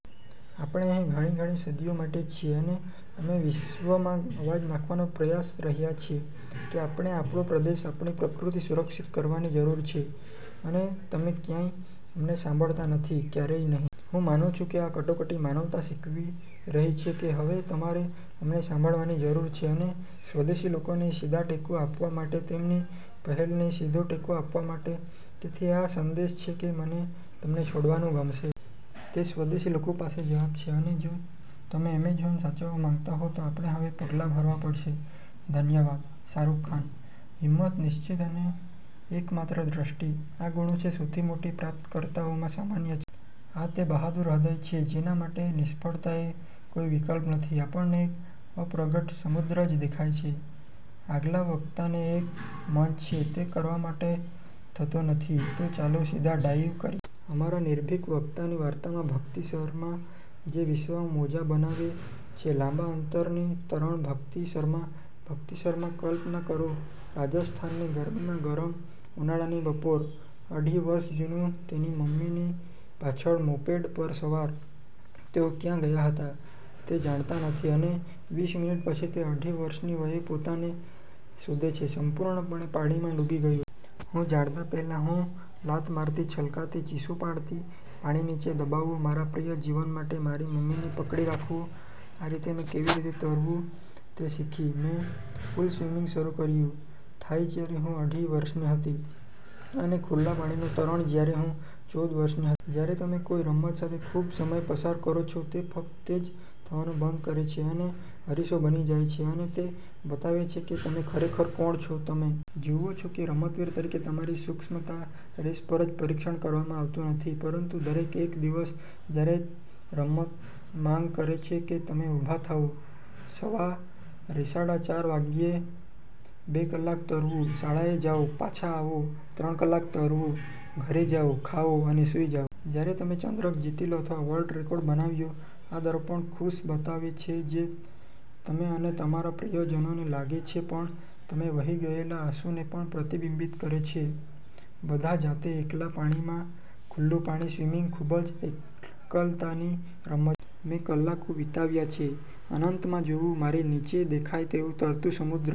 આપણે અહીં ઘણી ઘણી સદીઓ માટે છીએ અને અમે વિશ્વમાં અવાજ નાખવાનો પ્રયાસ રહ્યા છીએ, કે આપણે આપણો પ્રદેશ, આપણી પ્રકૃતિ સુરક્ષિત કરવાની જરૂર છે અને તમે ક્યારેય અમને સાંભળતા નથી. ક્યારેય નહીં. હું માનું છું કે આ કટોકટી માનવતા શીખવી રહી છે કે હવે તમારે અમને સાંભળવાની જરૂર છે અને સ્વદેશી લોકોને સીધાટેકો આપવા માટે, તેમની પહેલને સીધો ટેકો આપવા માટે. તેથી આ સંદેશ છે કે મને તમને છોડવાનું ગમશે. તે સ્વદેશી લોકો પાસે જવાબ છે, અને જો તમે એમેઝોનને સાચવવા માંગતા હોવ, તો આપણે હવે પગલાં ભરવા પડશે. ધન્યવાદ. શાહરૂખ ખાન: હિંમત, નિશ્ચિત, અને એકમાત્ર દ્રષ્ટિ. આ ગુણો છે સૌથી મોટી પ્રાપ્તકર્તાઓમાં સામાન્ય છે. આ તે બહાદુર હૃદય છે જેના માટે નિષ્ફળતા એ કોઈ વિકલ્પ નથી. આપણને અપ્રગટ સમુદ્ર જે દેખાય છે, આગલા વક્તાને એક મંચ છે, તે કરવા માટે થતો હતો. તો ચાલો સીધા ડાઇવ કર અમારા નિર્ભીક વક્તાની વાર્તામાં, ભક્તિ શર્મા. જે વિશ્વમાં મોજા બનાવે છે લાંબા અંતરની તરણ. ભક્તિ શર્મા. ભક્તિ શર્મા: કલ્પના કરો, રાજસ્થાનની ગરમીમાં ગરમ ઉનાળાની બપોરે, અઢી વર્ષ જૂનું તેની મમ્મીની પાછળ મોપેડ પર સવાર, તેઓ ક્યાં ગયા હતા તે જાણતા નથી અને વીસ મિનિટ પછી, તે અઢી વર્ષની વયે પોતાને શોધે છે સંપૂર્ણપણે પાણીમાં ડૂબી ગયુ. હું જાળના પહેલા, હું લાત મારતી, છલકાતી, ચીસો પાડતી, પાણી નીચે દબાવવું, મારા પ્રિય જીવન માટે મારી મમ્મીને પકડી રાખવું. આ રીતે મેં કેવી રીતે તરવું તે શીખી. હુ પૂલ-સ્વિમિંગ શરૂ કર્યું, થાય જ્યારે હું અઢી વર્ષની હતી, અને ખુલ્લા પાણીનો તરણ જ્યારે હું ચૌદ વર્ષની હત જ્યારે તમે કોઈ રમત સાથે ખૂબ સમય પસાર કરો છો, તે ફક્ત તે જ થવાનું બંધ કરે છે અને અરીસો બની જાય છે અને તે બતાવે છે કે તમે ખરેખર કોણ છો. તમે જુઓ છો કે રમતવીર તરીકે તમારી સૂક્ષ્મતા રેસ પર જ પરીક્ષણ કરવામાં આવતું નથી, પરંતુ દરેક એક દિવસ, જ્યારે રમત માંગ કરે છે કે તમે ઉભા થાઓ સવા રેસાડા ચાર વાગ્યે, બે કલાક તરવું, શાળાએ જાઓ, પાછા આવો, ત્રણ કલાક તરવું, ઘરે જાઓ, ખાઓ અને સૂઈ જાઓ. જ્યારે તમે ચંદ્રક જીતી લો અથવા વર્લ્ડ રેકોર્ડ બનાવ્યો, આ દર્પણ સુખ બતાવે છે જે તમે અને તમારા પ્રિયજનોને લાગે છે, પણ તમે વહી ગયેલા આંસુને પણ પ્રતિબિંબિત કરે છે. બધા જાતે, એકલા પાણીમાં ખુલ્લું પાણી સ્વિમિંગ ખૂબ જ એકલતાની રમત મેં કલાકો વીતાવ્યા છે .અનંતમાં જોવું, મારી નીચે દેખાય તેવું તરતું સમુદ્ર,